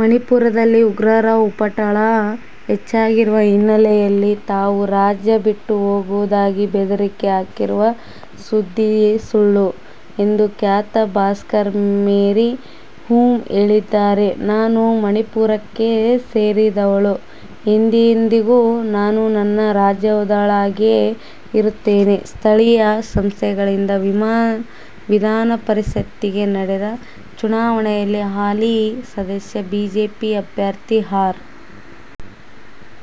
ಮಣಿಪುರದಲ್ಲಿ ಉಗ್ರರ ಉಪಟಳ ಹೆಚ್ಚಾಗಿರುವ ಹಿನ್ನೆಲೆಯಲ್ಲಿ ತಾವು ರಾಜ್ಯ ಬಿಟ್ಟು ಹೋಗುವುದಾಗಿ ಬೆದರಿಕೆ ಹಾಕಿರುವ ಸುದ್ದಿ ಸುಳ್ಳು ಎಂದು ಖ್ಯಾತ ಬಾಕ್ಸರ್ ಮೇರಿ ಕೋಂ ಹೇಳಿದ್ದಾರೆ. ನಾನು ಮಣಿಪುರಕ್ಕೆ ಸೇರಿದವಳು. ಎಂದೆಂದಿಗೂ ನಾನು ನನ್ನ ರಾಜ್ಯದವಳಾಗಿಯೇ ಇರುತ್ತೇನೆ. ಸ್ಥಳೀಯ ಸಂಸ್ಥೆಗಳಿಂದ ವಿಧಾನ ಪರಿಷತ್ತಿಗೆ ನಡೆದ ಚುನಾವಣೆಯಲ್ಲಿ ಹಾಲಿ ಸದಸ್ಯ, ಬಿ ಜೆ ಪಿ ಅಭ್ಯರ್ಥಿ ಆರ್.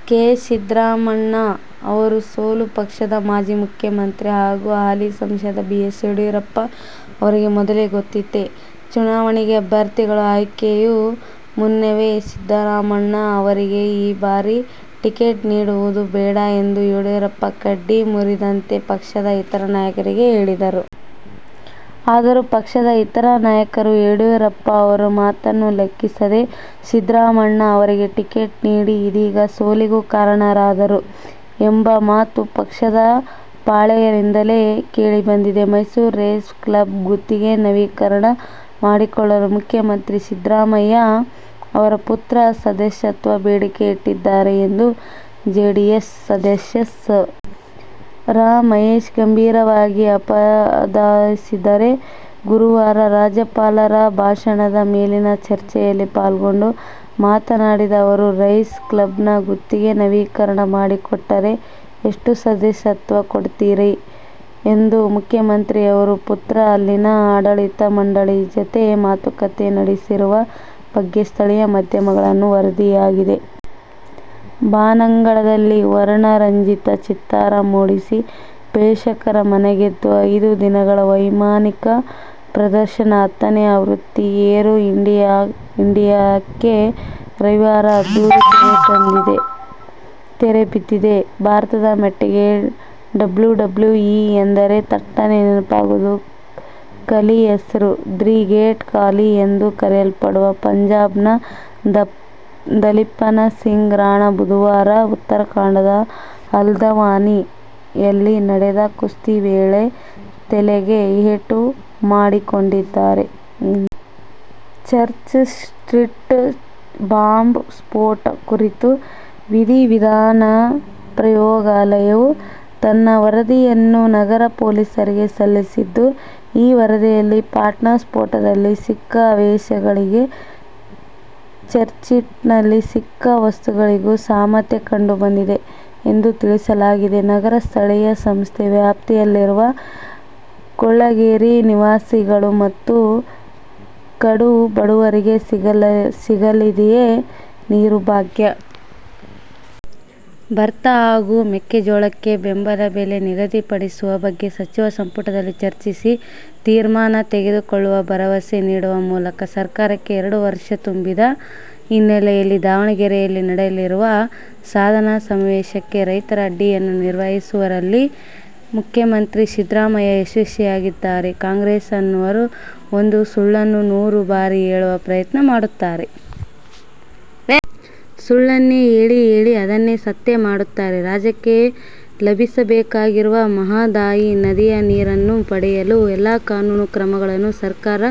ಕೆ. ಸಿದ್ದರಾಮಣ್ಣ ಅವರ ಸೋಲು ಪಕ್ಷದ ಮಾಜಿ ಮುಖ್ಯಮಂತ್ರಿ ಹಾಗೂ ಹಾಲಿ ಸಂಸದ ಬಿ. ಎಸ್. ಯಡಿಯೂರಪ್ಪ ಅವರಿಗೆ ಮೊದಲೇ ಗೊತ್ತಿತ್ತೇ? ಚುನಾವಣೆಗೆ ಅಭ್ಯರ್ಥಿಗಳ ಆಯ್ಕೆಗೂ ಮುನ್ನವೇ ಸಿದ್ದರಾಮಣ್ಣ ಅವರಿಗೆ ಈ ಬಾರಿ ಟಿಕೆಟ್ ನೀಡುವುದು ಬೇಡ ಎಂದು ಯಡಿಯೂರಪ್ಪ ಕಡ್ಡಿ ಮುರಿದಂತೆ ಪಕ್ಷದ ಇತರ ನಾಯಕರಿಗೆ ಹೇಳಿದ್ದರು. ಆದರೂ, ಪಕ್ಷದ ಇತರ ನಾಯಕರು ಯಡಿಯೂರಪ್ಪ ಅವರ ಮಾತನ್ನು ಲೆಕ್ಕಿಸದೆ ಸಿದ್ದರಾಮಣ್ಣ ಅವರಿಗೇ ಟಿಕೆಟ್ ನೀಡಿ ಇದೀಗ ಸೋಲಿಗೂ ಕಾರಣರಾದರು ಎಂಬ ಮಾತು ಪಕ್ಷದ ಪಾಳೆಯದಿಂದಲೇ ಕೇಳಿಬಂದಿದೆ. ಮೈಸೂರು ರೇಸ್ ಕ್ಲಬ್ ಗುತ್ತಿಗೆ ನವೀಕರಣ ಮಾಡಿಕೊಡಲು ಮುಖ್ಯಮಂತ್ರಿ ಸಿದ್ದರಾಮಯ್ಯ ಅವರ ಪುತ್ರ ಸದಸ್ಯತ್ವದ ಬೇಡಿಕೆ ಇಟ್ಟಿದ್ದಾರೆ ಎಂದು ಜೆಡಿಎಸ್ ಸದಸ್ಯ ಸಾ. ರಾ. ಮಹೇಶ್ ಗಂಭೀರವಾಗಿ ಆಪಾದಿಸಿದ್ದಾರೆ. ಗುರುವಾರ ರಾಜ್ಯಪಾಲರ ಭಾಷಣದ ಮೇಲಿನ ಚರ್ಚೆಯಲ್ಲಿ ಪಾಲ್ಗೊಂಡು ಮಾತನಾಡಿದ ಅವರು, ರೇಸ್ ಕ್ಲಬ್ ಗುತ್ತಿಗೆ ನವೀಕರಣ ಮಾಡಿಕೊಟ್ಟರೆ ಎಷ್ಟು ಸದಸ್ಯತ್ವ ಕೊಡ್ತೀರಿ ಎಂದು ಮುಖ್ಯಮಂತ್ರಿಯವರ ಪುತ್ರ ಅಲ್ಲಿನ ಆಡಳಿತ ಮಂಡಳಿ ಜತೆ ಮಾತುಕತೆ ನಡೆಸಿರುವ ಬಗ್ಗೆ ಸ್ಥಳೀಯ ಮಾಧ್ಯಮಗಳಲ್ಲಿ ವರದಿಯಾಗಿದೆ. ಬಾನಂಗಳದಲ್ಲಿ ವರ್ಣರಂಜಿತ ಚಿತ್ತಾರ ಮೂಡಿಸಿ ಪ್ರೇಕ್ಷಕರ ಮನಗೆದ್ದ ಐದು ದಿನಗಳ ವೈಮಾನಿಕ ಪ್ರದರ್ಶನ ಹತ್ತನೇ ಆವೃತ್ತಿ ಏರೋ ಇಂಡಿಯಾಕ್ಕೆ ರವಿವಾರ ಅದ್ದೂರಿ ತೆರೆ ಬಿದ್ದಿದೆ. ಭಾರತದ ಮಟ್ಟಿಗೆ ಡಬ್ಲ್ಯೂ ಡಬ್ಲ್ಯೂ ಇ ಎಂದರೆ ತಟ್ಟನೆ ನೆನಪಾಗುವುದು ಖಲಿ ಹೆಸರು. "ದಿ ಗ್ರೇಟ್ ಖಲಿ' ಎಂದು ಕರೆಯಲ್ಪಡುವ ಪಂಜಾಬ್ನ ದಲೀಪ್ ಸಿಂಗ್ ರಾಣಾ ಬುಧವಾರ ಉತ್ತರಾಖಂಡದ ಹಲ್ದವಾನಿ ಯಲ್ಲಿ ನಡೆದ ಕುಸ್ತಿ ವೇಳೆ ತಲೆಗೆ ಏಟು ಮಾಡಿಕೊಂಡಿದ್ದಾರೆ. ಚರ್ಚ್ ಸ್ಟ್ರೀಟ್ ಬಾಂಬ್ ಸ್ಫೋಟ ಕುರಿತು ವಿಧಿ ವಿಜ್ಞಾನ ಪ್ರಯೋಗಾಲಯವು ತನ್ನ ವರದಿಯನ್ನು ನಗರ ಪೊಲೀಸರಿಗೆ ಸಲ್ಲಿಸಿದ್ದು, ಈ ವರದಿಯಲ್ಲಿ ಪಾಟ್ನಾ ಸ್ಫೋಟದಲ್ಲಿ ಸಿಕ್ಕ ಅವಶೇಷಗಳಿಗೂ, ಚರ್ಚ್ಸ್ಟ್ರೀಟ್ನಲ್ಲಿ ಸಿಕ್ಕ ವಸ್ತುಗಳಿಗೂ ಸಾಮ್ಯತೆ ಕಂಡುಬಂದಿದೆ ಎಂದು ತಿಳಿಸಲಾಗಿದೆ. ನಗರ ಸ್ಥಳೀಯ ಸಂಸ್ಥೆ ವ್ಯಾಪ್ತಿಯಲ್ಲಿರುವ ಕೊಳಗೇರಿ ನಿವಾಸಿಗಳು ಮತ್ತು ಕಡು ಬಡವರಿಗೆ ಸಿಗಲಿದೆಯೇ "ನೀರು ಭಾಗ್ಯ'? ಭತ್ತ ಹಾಗೂ ಮೆಕ್ಕೆಜೋಳಕ್ಕೆ ಬೆಂಬಲ ಬೆಲೆ ನಿಗದಿಪಡಿಸುವ ಬಗ್ಗೆ ಸಚಿವ ಸಂಪುಟದಲ್ಲಿ ಚರ್ಚಿಸಿ ತೀರ್ಮಾನ ತೆಗೆದುಕೊಳ್ಳುವ ಭರವಸೆ ನೀಡುವ ಮೂಲಕ ಸರ್ಕಾರಕ್ಕೆ ಎರಡು ವರ್ಷ ತುಂಬಿದ ಹಿನ್ನೆಲೆಯಲ್ಲಿ ದಾವಣಗೆರೆಯಲ್ಲಿ ನಡೆಸಲಿರುವ ಸಾಧನಾ ಸಮಾವೇಶಕ್ಕೆ ರೈತರ ಅಡ್ಡಿಯನ್ನು ನಿವಾರಿಸುವಲ್ಲಿ ಮುಖ್ಯಮಂತ್ರಿ ಸಿದ್ದರಾಮಯ್ಯ ಯಶಸ್ವಿಯಾಗಿದ್ದಾರೆ. "ಕಾಂಗ್ರೆಸ್ನವರು ಒಂದು ಸುಳ್ಳನ್ನು ನೂರು ಬಾರಿ ಹೇಳುವ ಪ್ರಯತ್ನ ಮಾಡ್ತಾರೆ. ಸುಳ್ಳನ್ನೇ ಹೇಳಿ ಹೇಳಿ ಅದನ್ನೇ ಸತ್ಯ ಮಾಡ್ತಾರೆ' ರಾಜ್ಯಕ್ಕೆ ಲಭಿಸಬೇಕಾಗಿರುವ ಮಹದಾಯಿ ನದಿಯ ನೀರನ್ನು ಪಡೆಯಲು ಎಲ್ಲಾ ಕಾನೂನು ಕ್ರಮಗಳನ್ನು ಸರ್ಕಾರ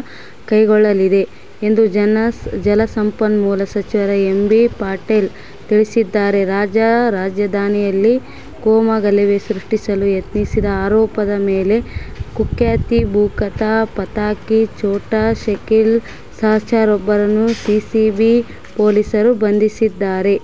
ಕೈಗೊಳ್ಳಲಿದೆ ಎಂದು ಜಲಸಂಪನ್ಮೂಲ ಸಚಿವ ಎಂ. ಬಿ. ಪಾಟೀಲ ತಿಳಿಸಿದ್ದಾರೆ. ರಾಜ್ಯ ರಾಜಧಾನಿಯಲ್ಲಿ ಕೋಮು ಗಲಭೆ ಸೃಷ್ಟಿಸಲು ಯತ್ನಿಸಿದ ಆರೋಪದ ಮೇಲೆ ಕುಖ್ಯಾತ ಭೂಗತ ಪಾತಕಿ ಛೋಟಾ ಶಕೀಲ್ ಸಹಚರನೊಬ್ಬನನ್ನು ಸಿಸಿಬಿ ಪೊಲೀಸರು ಬಂಧಿಸಿದ್ದಾರೆ.